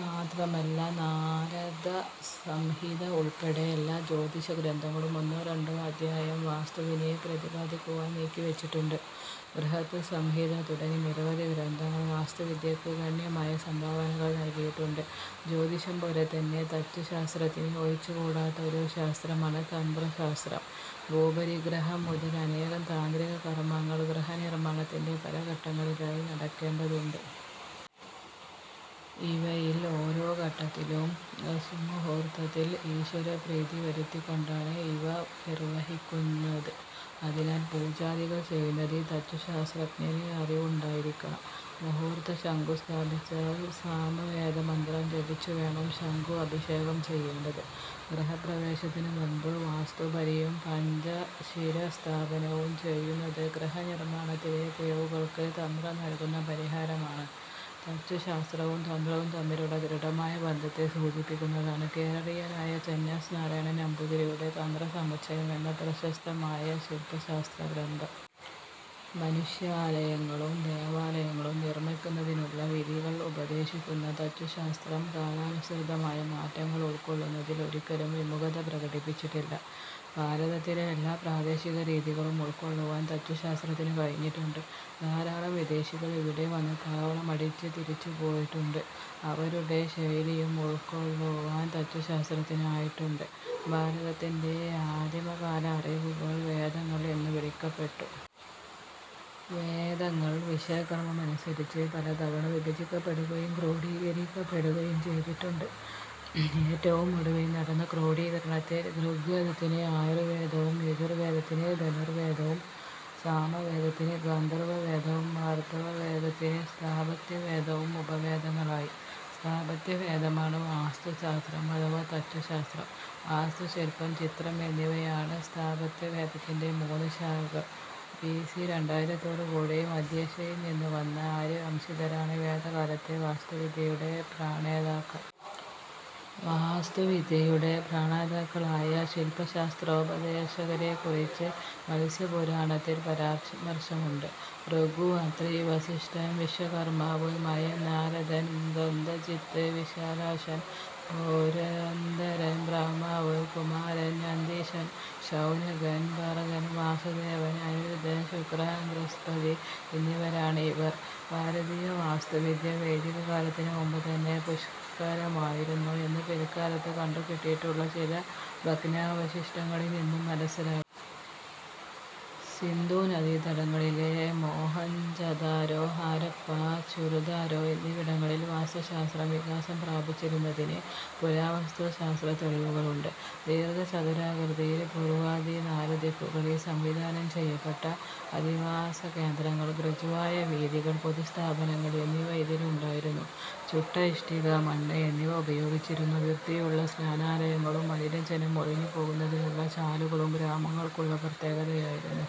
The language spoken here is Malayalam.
മാത്രമല്ല നാഗരസംഹിത ഉൾപ്പെടെ എല്ലാ ജ്യോതിഷ ഗ്രന്ഥങ്ങളും ഒന്നോ രണ്ടോ അധ്യായം വാസ്തുവിനെ പ്രതിപാദിക്കുവാൻ നീക്കിവച്ചിട്ടുണ്ട്. ബൃഹത് സംഹിത തുടങ്ങി നിരവധി ഗ്രന്ഥങ്ങൾ വാസ്തുവിദ്യയ്ക്ക് ഗണ്യമായ സംഭാവനകൾ നല്കിയിട്ടുണ്ട്. ജ്യോതിഷംപോലെതന്നെ തച്ചുശാസ്ത്രത്തിന് ഒഴിച്ചുകൂടാത്ത ഒരു ശാസ്ത്രമാണ് തന്ത്രശാസ്ത്രം. ഭൂപരിഗ്രഹം മുതൽ അനേകം താന്ത്രിക കർമങ്ങൾ ഗൃഹനിർമ്മാണത്തിന്റെ പല ഘട്ടങ്ങളിലായി നടക്കേണ്ടതുണ്ട്. ഇവയിൽ ഓരോ ഘട്ടത്തിലും സുമുഹൂർത്തത്തിൽ ഈശ്വരപ്രീതി വരുത്തിക്കൊണ്ടാണ് ഇവ നിർവഹിക്കുന്നത്. അതിനാൽ പൂജാദികൾ ചെയ്യുന്നതിൽ തച്ചുശാസ്ത്രജ്ഞന് അറിവുണ്ടായിരിക്കണം. മുഹൂർത്തശങ്കു സ്ഥാപിച്ചാൽ സാമവേദമന്ത്രം ജപിച്ചുവേണം ശങ്കു അഭിഷേകം ചെയ്യേണ്ടത്. ഗൃഹപ്രവേശത്തിനു മുൻപ് വാസ്തുബലിയും പഞ്ച ശിരസ്ഥാപനവും ചെയ്യുന്നത് ഗൃഹനിർമ്മാണത്തിലെ പിഴവുകൾക്ക് തന്ത്രം നല്കുന്ന പരിഹാരമാണ്. തച്ചുശാസ്ത്രവും തന്ത്രവും തമ്മിലുള്ള ദൃഢമായ ബന്ധത്തെ സൂചിപ്പിക്കുന്നതാണ്, കേരളീയനായ ചേന്നാസ് നാരായണൻ നമ്പൂതിരിയുടെ തന്ത്രസമുച്ചയം എന്ന പ്രശസ്തമായ ശില്പശാസ്ത്രഗ്രന്ഥം. മനുഷ്യാലയങ്ങളും ദേവാലയങ്ങളും നിർമ്മിക്കുന്നതിനുള്ള വിധികൾ ഉപദേശിക്കുന്ന തച്ചുശാസ്ത്രം കാലാനുസൃതമായ മാറ്റങ്ങൾ ഉൾക്കൊള്ളുന്നതിൽ ഒരിക്കലും വിമുഖത പ്രകടിപ്പിച്ചിട്ടില്ല. ഭാരതത്തിലെ എല്ലാ പ്രാദേശികരീതികളും ഉൾക്കൊള്ളുവാൻ തച്ചുശാസ്ത്രത്തിനു കഴിഞ്ഞിട്ടുണ്ട്. ധാരാളം വിദേശികൾ ഇവിടെ വന്ന് താവളമടിച്ച് തിരിച്ചു പോയിട്ടുണ്ട്. അവരുടെ ശൈലിയും ഉൾക്കൊള്ളുവാൻ തച്ചുശാസ്ത്രത്തിനായിട്ടുണ്ട്. ഭാരതത്തിന്റെ ആദിമകാല അറിവുകൾ വേദങ്ങൾ എന്നു വിളിക്കപ്പെട്ടു. വേദങ്ങൾ വിഷയക്രമമനുസരിച്ച് പലതവണ വിഭജിക്കപ്പെടുകയും ക്രോഡീകരിക്കപ്പെടുകയും ചെയ്തിട്ടുണ്ട്. ഏറ്റവും ഒടുവിൽ നടന്ന ക്രോഡീകരണത്തിൽ, ഋഗ്വേദത്തിന് ആയുർവേദവും യജുർവേദത്തിന് ധനുർവേദവും, സാമവേദത്തിന് ഗാന്ധർവവേദവും, അഥർവവേദത്തിന് സ്ഥാപത്യവേദവും ഉപവേദങ്ങളായി. സ്ഥാപത്യവേദമാണ് വാസ്തുശാസ്ത്രം അഥവാ തച്ചുശാസ്ത്രം. വാസ്തുശില്പം, ചിത്രം എന്നിവയാണ് സ്ഥാപത്യവേദത്തിന്റെ മൂന്ന് ശാഖകൾ. ബി. സി. രണ്ടായിരത്തോടുകൂടി മധ്യേഷ്യയിൽ നിന്നുവന്ന ആര്യവംശജരാണ് വേദകാലത്തെ വാസ്തുവിദ്യയുടെ പ്രണേതാക്കൾ. വാസ്തുവിദ്യയുടെ പ്രണേതാക്കളായ ശില്പശാസ്ത്രോപദേശകരെക്കുറിച്ച് മത്സ്യപുരാണത്തിൽ പരാമർശമുണ്ട്. ഭൃഗു, അത്രി, വസിഷ്ഠൻ, വിശ്വകർമാവ്, മയൻ, നാരദൻ, നഗ്നജിത്ത്, വിശാലാക്ഷൻ, പുരന്ദരൻ, ബ്രഹ്മാവ്, കുമാരൻ, നന്ദീശൻ, ശൗനകൻ, ഭർഗൻ, വാസുദേവൻ, അനിരുദ്ധൻ, ശുക്രൻ, ബൃഹസ്പതി എന്നിവരാണ് ഇവർ. ഭാരതീയ വാസ്തുവിദ്യ വൈദികകാലത്തിനു മുമ്പുതന്നെ പുഷ്കലമായിരുന്നു എന്ന് പില്ക്കാലത്ത് കണ്ടുകിട്ടിയിട്ടുള്ള ചില ഭഗ്നാവശിഷ്ടങ്ങളിൽ നിന്നു മനസ്സിലാക്കാം. സിന്ധു നദീതടങ്ങളി ലെ മോഹൻജദാരോ, ഹാരപ്പാ, ചുറുദാരോ എന്നിവിടങ്ങളിൽ വാസ്തുശാസ്ത്രം വികാസം പ്രാപിച്ചിരുന്നതിന് പുരാവസ്തു ശാസ്ത്രത്തെളിവുകളുണ്ട്. ദീർഘ ചതുരാകൃതിയിൽ പൂർവാദി നാലു ദിക്കുകളിൽ സംവിധാനം ചെയ്യപ്പെട്ട അധിവാസകേന്ദ്രങ്ങൾ, ഋജുവായ വീഥികൾ, പൊതുസ്ഥാപനങ്ങൾ എന്നിവ ഇതിൽ ഉണ്ടായിരുന്നു. ചുട്ട ഇഷ്ടിക, മണ്ണ് എന്നിവ ഉപയോഗിച്ചിരുന്നു. വൃത്തിയുള്ള സ്നാനാലയങ്ങളും മലിനജലം ഒഴിഞ്ഞു പോകുന്നതിനുള്ള ചാലുകളും ഗ്രാമങ്ങൾക്കുള്ള പ്രത്യേകതയായിരുന്നു.